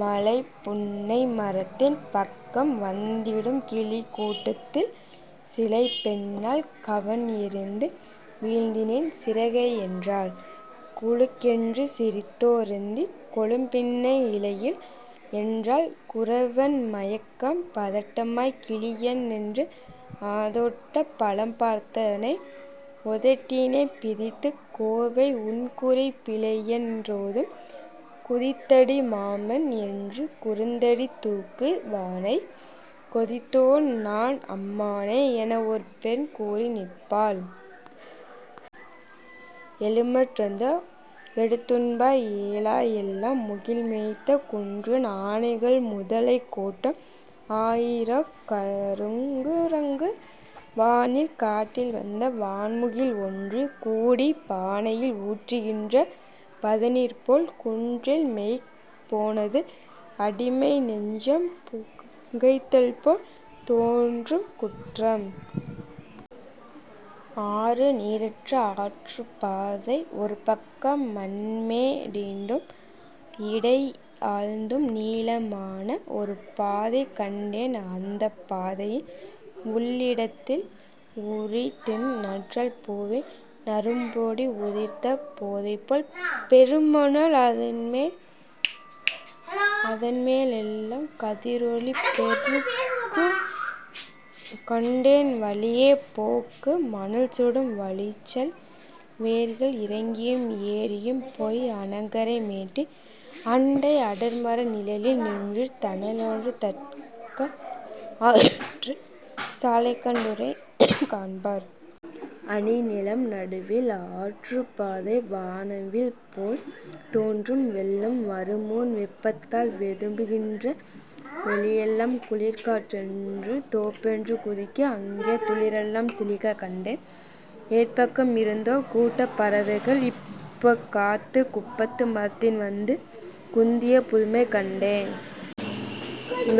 மலைப்புன்னை மரத்தின் பக்கம் வந்திடும் கிளிக்கூட் டத்தில், சிலைப்பெண்ணாள் கவண் எறிந்து, வீழ்த்தினேன் சிறகை என்றாள். குலுக்கென்று சிரித்தொ ருத்தி "கொழும்புன்னை இலைகள்" என்றாள்! குறவன் மயக்கம் பதட்டமாய்க் கிளிஎன் றெண்ணி ஆதொட்டப் பழம்பார்த் தானை உதட்டினைப் பிதுக்கிக் "கோவை" உன்குறி பிழைஎன் றோதும்! குதித்தடி மான்மான் என்று குறுந்தடி துக்கு வானைக் கொதிக்காதே நான் அம்மானே எனஓர் பெண் கூறி நிற்பாள்! ஏலுமட் டுந்தோ ழாநீ எடுத்துண்பாய் எழலை எல்லாம்! முகில் மொய்த்த குன்றம் ஆனைகள், முதலைக் கூட்டம், ஆயிரம் கருங்கு ரங்கு, வானிலே காட்டி வந்த வண்முகில் ஒன்று கூடிப் பானயில் ஊற்று கின்ற பதநீர்போல் குன்றில் மொய்க்கப் போனது. அடிமை நெஞ்சம் புகைதல்போல் தோன்றும் குன்றம்!. ஆறு நீரற்ற ஆற்றுப்பாதை இருபக்கம் மண்மே டிட்டும், இடைஆழ்ந்தும், நீள மான ஒருபாதை கண்டேன், அந்தப் பாதையின் உள்இ டத்தில் உரித்தநற் றாழம் பூவின் நறும்பொடி உதிர்த்த தைப்போல் பெருமணல், அதன்மே லெல்லாம் கதிரொளிப் பெருக்கம், கண்டேன்! வழிப் போக்கு மணல்சுடும்; வழிச்செல் வோர்கள், இறங்கியும் ஏறியும் போய் அணகரை மேட்டின் அண்டை அடர்மர நிழலில் நின்று தணலேறும் தம்கால் ஆற்றிச் சாலைகண் டூரைக் காண்பார். அணிநிலம் நடுவில் ஆற்றுப் பாதை "வான்வில்" போல் தோன்றும். வெள்ளம் வருமுன் வெப்பத்தால் வெதும்பு கின்ற வெளியெலாம் குளிர்காற் றொன்று தொப்பென்று குதிக்க, அங்கே துளிரெலாம் சிலிர்க்கக் கண்டேன். எப்பக்கம் இருந்தோ கூட்டப் பறவைகள் இப்பக் கத்துக் குப்பத்து மரத்தில் வந்து குந்திய புதுமை கண்டேன்.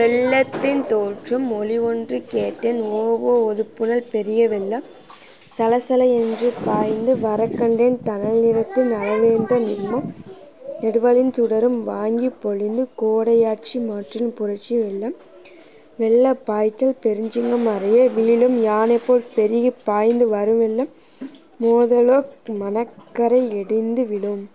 வெள்ளத்தின் தோற்றம் ஒலிஒன்று கேட்டேன். ஓஓ புதுப்புனல்! பெரிய வெள்ளம், சலசல என்று பாய்ந்து வரக்கண்டேன் தணல் நிறத்தில் நிலவொத்த நிறம்க லந்து நெடுவானின் சுடரும் வாங்கிப் பொலிந்தது! கோடை யாட்சி மாற்றிற்றுப் புரட்சி வெள்ளம். வெள்ளப் பாய்ச்சல் பெருஞ்சிங்கம் அரைய வீழும் யானைபோல் பெருகிப் பாய்ந்து வரும்வெள்ளம், மோத லாலே மணற்கரை இடிந்து வீழும்!